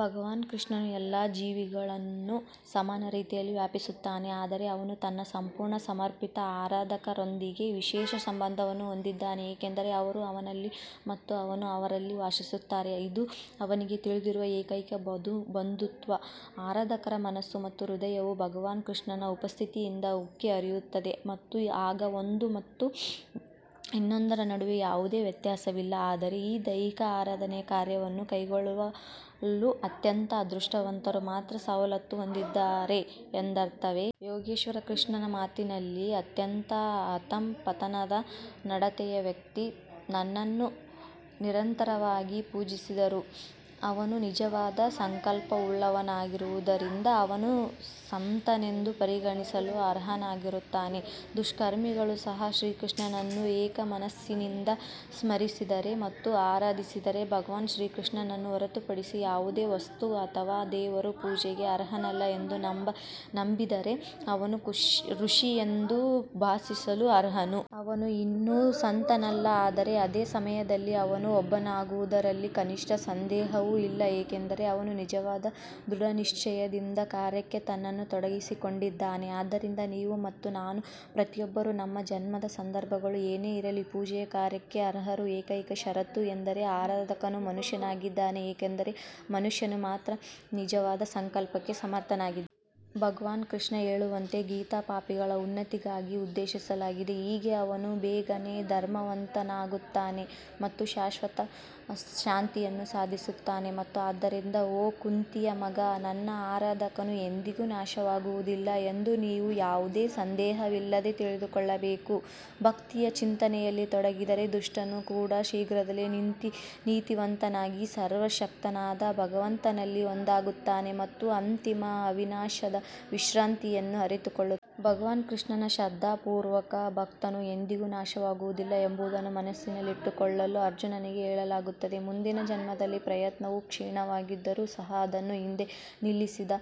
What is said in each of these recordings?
ಭಗವಾನ್ ಕೃಷ್ಣನು ಎಲ್ಲಾ ಜೀವಿಗಳನ್ನು ಸಮಾನ ರೀತಿಯಲ್ಲಿ ವ್ಯಾಪಿಸುತ್ತಾನೆ ಆದರೆ ಅವನು ತನ್ನ ಸಂಪೂರ್ಣ ಸಮರ್ಪಿತ ಆರಾಧಕರೊಂದಿಗೆ ವಿಶೇಷ ಸಂಬಂಧವನ್ನು ಹೊಂದಿದ್ದಾನೆ ಏಕೆಂದರೆ ಅವರು ಅವನಲ್ಲಿ ಮತ್ತು ಅವನು ಅವರಲ್ಲಿ ವಾಸಿಸುತ್ತಾರೆ ಇದು ಅವನಿಗೆ ತಿಳಿದಿರುವ ಏಕೈಕ ಬಂಧುತ್ವ. ಆರಾಧಕರ ಮನಸ್ಸು ಮತ್ತು ಹೃದಯವು ಭಗವಾನ್ ಕೃಷ್ಣನ ಉಪಸ್ಥಿತಿಯಿಂದ ಉಕ್ಕಿ ಹರಿಯುತ್ತದೆ ಮತ್ತು ಆಗ ಒಂದು ಮತ್ತು ಇನ್ನೊಂದರ ನಡುವೆ ಯಾವುದೇ ವ್ಯತ್ಯಾಸವಿಲ್ಲ ಆದರೆ ಈ ದೈವಿಕ ಆರಾಧನೆಯ ಕಾರ್ಯವನ್ನು ಕೈಗೊಳ್ಳಲು ಅತ್ಯಂತ ಅದೃಷ್ಟವಂತರು ಮಾತ್ರ ಸವಲತ್ತು ಹೊಂದಿದ್ದಾರೆ ಎಂದರ್ಥವೇ? ಯೋಗೇಶ್ವರ್ ಕೃಷ್ಣನ ಮಾತಿನಲ್ಲಿ ಅತ್ಯಂತ ಅಧಃಪತನದ ನಡತೆಯ ವ್ಯಕ್ತಿ ನನ್ನನ್ನು ನಿರಂತರವಾಗಿ ಪೂಜಿಸಿದರೂ ಅವನು ನಿಜವಾದ ಸಂಕಲ್ಪವುಳ್ಳವನಾಗಿರುವುದರಿಂದ ಅವನು ಸಂತನೆಂದು ಪರಿಗಣಿಸಲು ಅರ್ಹನಾಗಿರುತ್ತಾನೆ. ದುಷ್ಕರ್ಮಿಗಳು ಸಹ ಶ್ರೀಕೃಷ್ಣನನ್ನು ಏಕಮನಸ್ಸಿನಿಂದ ಸ್ಮರಿಸಿದರೆ ಮತ್ತು ಆರಾಧಿಸಿದರೆ ಭಗವಾನ್ ಶ್ರೀಕೃಷ್ಣನನ್ನು ಹೊರತುಪಡಿಸಿ ಯಾವುದೇ ವಸ್ತು ಅಥವಾ ದೇವರು ಪೂಜೆಗೆ ಅರ್ಹನಲ್ಲ ಎಂದು ನಂಬಿದರೆ ಅವನು ಋಷಿ ಎಂದು ಭಾವಿಸಲು ಅರ್ಹನು. ಅವನು ಇನ್ನೂ ಸಂತನಲ್ಲ ಆದರೆ ಅದೇ ಸಮಯದಲ್ಲಿ ಅವನು ಒಬ್ಬನಾಗುವುದರಲ್ಲಿ ಕನಿಷ್ಠ ಸಂದೇಹವೂ ಇಲ್ಲ ಏಕೆಂದರೆ ಅವನು ನಿಜವಾದ ದೃಢನಿಶ್ಚಯದಿಂದ ಕಾರ್ಯಕ್ಕೆ ತನ್ನನ್ನು ತೊಡಗಿಸಿಕೊಂಡಿದ್ದಾನೆ. ಆದ್ದರಿಂದ ನೀವು ಮತ್ತು ನಾನು ಪ್ರತಿಯೊಬ್ಬರೂ ನಮ್ಮ ಜನ್ಮದ ಸಂದರ್ಭಗಳು ಏನೇ ಇರಲಿ ಪೂಜೆಯ ಕಾರ್ಯಕ್ಕೆ ಅರ್ಹರು. ಏಕೈಕ ಷರತ್ತು ಎಂದರೆ ಆರಾಧಕನು ಮನುಷ್ಯನಾಗಿದ್ದಾನೆ ಏಕೆಂದರೆ ಮನುಷ್ಯನು ಮಾತ್ರ ನಿಜವಾದ ಸಂಕಲ್ಪಕ್ಕೆ ಸಮರ್ಥನಾಗಿದ್ದಾನೆ. ಭಗವಾನ್ ಕೃಷ್ಣ ಹೇಳುವಂತೆ ಗೀತಾ ಪಾಪಿಗಳ ಉನ್ನತಿಗಾಗಿ ಉದ್ದೇಶಿಸಲಾಗಿದೆ. ಹೀಗೆ ಅವನು ಬೇಗನೇ ಧರ್ಮವಂತನಾಗುತ್ತಾನೆ ಮತ್ತು ಶಾಶ್ವತ ಶಾಂತಿಯನ್ನು ಸಾಧಿಸುತ್ತಾನೆ ಮತ್ತು ಆದ್ದರಿಂದ ಓ ಕುಂತಿಯ ಮಗ ನನ್ನ ಆರಾಧಕನು ಎಂದಿಗೂ ನಾಶವಾಗುವುದಿಲ್ಲ ಎಂದು ನೀವು ಯಾವುದೇ ಸಂದೇಹವಿಲ್ಲದೆ ತಿಳಿದುಕೊಳ್ಳಬೇಕು. ಭಕ್ತಿಯ ಚಿಂತನೆಯಲ್ಲಿ ತೊಡಗಿದರೆ ದುಷ್ಟನು ಕೂಡ ಶೀಘ್ರದಲ್ಲೇ ನೀತಿವಂತನಾಗಿ ಸರ್ವಶಕ್ತನಾದ ಭಗವಂತನಲ್ಲಿ ಒಂದಾಗುತ್ತಾನೆ ಮತ್ತು ಅಂತಿಮ ಅವಿನಾಶವಾದ ವಿಶ್ರಾಂತಿಯನ್ನು ಅರಿತುಕೊಳ್ಳುತ್ತಾನೆ. ಭಗವಾನ್ ಕೃಷ್ಣನ ಶ್ರದ್ಧಾಪೂರ್ವಕ ಭಕ್ತನು ಎಂದಿಗೂ ನಾಶವಾಗುವುದಿಲ್ಲ ಎಂಬುದನ್ನು ಮನಸ್ಸಿನಲ್ಲಿಟ್ಟುಕೊಳ್ಳಲು ಅರ್ಜುನನಿಗೆ ಹೇಳಲಾಗುತ್ತದೆ. ಮುಂದಿನ ಜನ್ಮದಲ್ಲಿ ಪ್ರಯತ್ನವು ಕ್ಷೀಣವಾಗಿದ್ದರೂ ಸಹ ಅದನ್ನು ಹಿಂದೆ ನಿಲ್ಲಿಸಿದ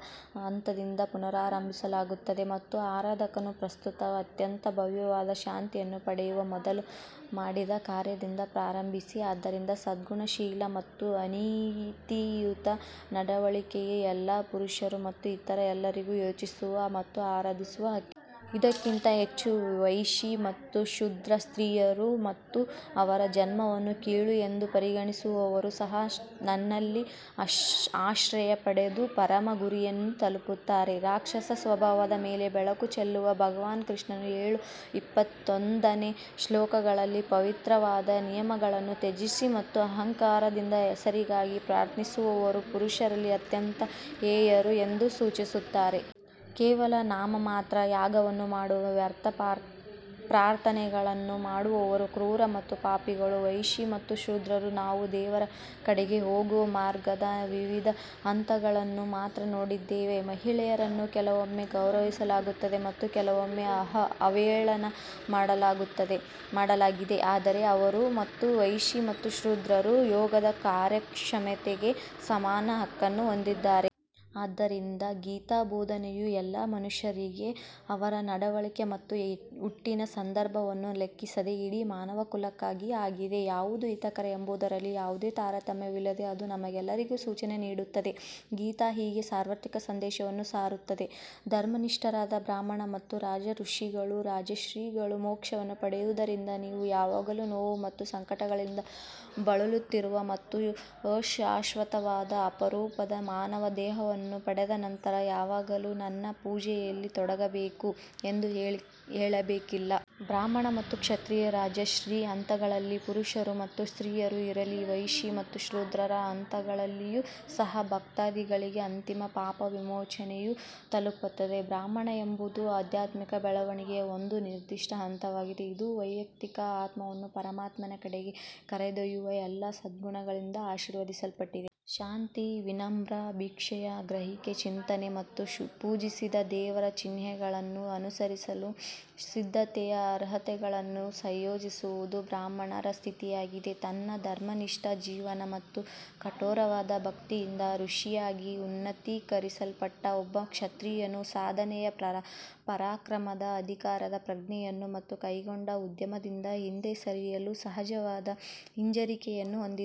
ಹಂತದಿಂದ ಪುನರಾರಂಭಿಸಲಾಗುತ್ತದೆ ಮತ್ತು ಆರಾಧಕನು ಪ್ರಸ್ತುತ ಅತ್ಯಂತ ಭವ್ಯವಾದ ಶಾಂತಿಯನ್ನು ಪಡೆಯುವ ಮೊದಲು ಮಾಡಿದ ಕಾರ್ಯದಿಂದ ಪ್ರಾರಂಭಿಸಿ. ಆದ್ದರಿಂದ ಸದ್ಗುಣಶೀಲ ಮತ್ತು ಅನೀತಿಯುತ ನಡವಳಿಕೆಯ ಎಲ್ಲಾ ಪುರುಷರು ಮತ್ತು ಇತರ ಎಲ್ಲರಿಗೂ ಯೋಚಿಸುವ ಮತ್ತು ಆರಾಧಿಸುವ ಹಕ್ಕಿದೆ. ಇದಕ್ಕಿಂತ ಹೆಚ್ಚು ವೈಶಿ ಮತ್ತು ಶೂದ್ರ ಸ್ತ್ರೀಯರು ಮತ್ತು ಅವರ ಜನ್ಮವನ್ನು ಕೀಳು ಎಂದು ಪರಿಗಣಿಸುವವರೂ ಸಹ ನನ್ನಲ್ಲಿ ಆಶ್ರಯ ಪಡೆದು ಪರಮ ಗುರಿಯನ್ನು ತಲುಪುತ್ತಾರೆ. ರಾಕ್ಷಸ ಸ್ವಭಾವದ ಮೇಲೆ ಬೆಳಕು ಚೆಲ್ಲುವ ಭಗವಾನ್ ಕೃಷ್ಣನು ಏಳು ಇಪ್ಪತ್ತೊಂದನೇ ಶ್ಲೋಕಗಳಲ್ಲಿ ಪವಿತ್ರವಾದ ನಿಯಮಗಳನ್ನು ತ್ಯಜಿಸಿ ಮತ್ತು ಅಹಂಕಾರದಿಂದ ಹೆಸರಿಗಾಗಿ ಪ್ರಾರ್ಥಿಸುವವರು ಪುರುಷರಲ್ಲಿ ಅತ್ಯಂತ ಹೇಯರು ಎಂದು ಸೂಚಿಸುತ್ತಾರೆ. ಕೇವಲ ನಾಮಮಾತ್ರದ ಯಾಗವನ್ನು ಮಾಡುವ ವ್ಯರ್ಥ ಪ್ರಾರ್ಥನೆಗಳನ್ನು ಮಾಡುವವರು ಕ್ರೂರ ಮತ್ತು ಪಾಪಿಗಳು. ವೈಶಿ ಮತ್ತು ಶೂದ್ರರು ನಾವು ದೇವರ ಕಡೆಗೆ ಹೋಗುವ ಮಾರ್ಗದ ವಿವಿಧ ಹಂತಗಳನ್ನು ಮಾತ್ರ ನೋಡಿದ್ದೇವೆ. ಮಹಿಳೆಯರನ್ನು ಕೆಲವೊಮ್ಮೆ ಗೌರವಿಸಲಾಗುತ್ತದೆ ಮತ್ತು ಕೆಲವೊಮ್ಮೆ ಅವಹೇಳನ ಮಾಡಲಾಗಿದೆ ಆದರೆ ಅವರು ಮತ್ತು ವೈಶಿ ಮತ್ತು ಶೂದ್ರರು ಯೋಗದ ಕಾರ್ಯಕ್ಷಮತೆಗೆ ಸಮಾನ ಹಕ್ಕನ್ನು ಹೊಂದಿದ್ದಾರೆ. ಆದ್ದರಿಂದ ಗೀತಾ ಬೋಧನೆಯು ಎಲ್ಲಾ ಮನುಷ್ಯರಿಗೆ ಅವರ ನಡವಳಿಕೆ ಮತ್ತು ಹುಟ್ಟಿನ ಸಂದರ್ಭವನ್ನು ಲೆಕ್ಕಿಸದೆ ಇಡೀ ಮಾನವಕುಲಕ್ಕಾಗಿ ಆಗಿದೆ. ಯಾವುದು ಹಿತಕರ ಎಂಬುದರಲ್ಲಿ ಯಾವುದೇ ತಾರತಮ್ಯವಿಲ್ಲದೆ ಅದು ನಮಗೆಲ್ಲರಿಗೂ ಸೂಚನೆ ನೀಡುತ್ತದೆ. ಗೀತಾ ಹೀಗೆ ಸಾರ್ವತ್ರಿಕ ಸಂದೇಶವನ್ನು ಸಾರುತ್ತದೆ. ಧರ್ಮನಿಷ್ಠರಾದ ಬ್ರಾಹ್ಮಣ ಮತ್ತು ರಾಜ ಋಷಿಗಳು ರಾಜರ್ಷಿಗಳು ಮೋಕ್ಷವನ್ನು ಪಡೆಯುವುದರಿಂದ ನೀವು ಯಾವಾಗಲೂ ನೋವು ಮತ್ತು ಸಂಕಟಗಳಿಂದ ಬಳಲುತ್ತಿರುವ ಮತ್ತು ಅಶಾಶ್ವತವಾದ ಅಪರೂಪದ ಮಾನವ ದೇಹವನ್ನು ಪಡೆದ ನಂತರ ಯಾವಾಗಲೂ ನನ್ನ ಪೂಜೆಯಲ್ಲಿ ತೊಡಗಬೇಕು ಎಂದು ಹೇಳಬೇಕಿಲ್ಲ. ಬ್ರಾಹ್ಮಣ ಮತ್ತು ಕ್ಷತ್ರಿಯ ರಾಜರ್ಷಿ ಹಂತಗಳಲ್ಲಿ ಪುರುಷರು ಮತ್ತು ಸ್ತ್ರೀಯರು ಇರಲಿ ವೈಶಿ ಮತ್ತು ಶೂದ್ರರ ಹಂತಗಳಲ್ಲಿಯೂ ಸಹ ಭಕ್ತಾದಿಗಳಿಗೆ ಅಂತಿಮ ಪಾಪವಿಮೋಚನೆಯು ತಲುಪುತ್ತದೆ. ಬ್ರಾಹ್ಮಣ ಎಂಬುದು ಆಧ್ಯಾತ್ಮಿಕ ಬೆಳವಣಿಗೆಯ ಒಂದು ನಿರ್ದಿಷ್ಟ ಹಂತವಾಗಿದೆ ಇದು ವೈಯಕ್ತಿಕ ಆತ್ಮವನ್ನು ಪರಮಾತ್ಮನ ಕಡೆಗೆ ಕರೆದೊಯ್ಯುವ ಎಲ್ಲಾ ಸದ್ಗುಣಗಳಿಂದ ಆಶೀರ್ವದಿಸಲ್ಪಟ್ಟಿದೆ. ಶಾಂತಿ ವಿನಮ್ರ ಭಿಕ್ಷೆಯ ಗ್ರಹಿಕೆ ಚಿಂತನೆ ಮತ್ತು ಪೂಜಿಸಿದ ದೇವರ ಚಿಹ್ನೆಗಳನ್ನು ಅನುಸರಿಸಲು ಸಿದ್ಧತೆಯ ಅರ್ಹತೆಗಳನ್ನು ಸಂಯೋಜಿಸುವುದು ಬ್ರಾಹ್ಮಣರ ಸ್ಥಿತಿಯಾಗಿದೆ. ತನ್ನ ಧರ್ಮನಿಷ್ಠ ಜೀವನ ಮತ್ತು ಕಠೋರವಾದ ಭಕ್ತಿಯಿಂದ ಋಷಿಯಾಗಿ ಉನ್ನತೀಕರಿಸಲ್ಪಟ್ಟ ಒಬ್ಬ ಕ್ಷತ್ರಿಯನು ಸಾಧನೆಯ ಪರಾಕ್ರಮದ ಅಧಿಕಾರದ ಪ್ರಜ್ಞೆಯನ್ನು ಮತ್ತು ಕೈಗೊಂಡ ಉದ್ಯಮದಿಂದ ಹಿಂದೆ ಸರಿಯಲು ಸಹಜವಾದ ಹಿಂಜರಿಕೆಯನ್ನು ಹೊಂದಿದ್ದಾನೆ.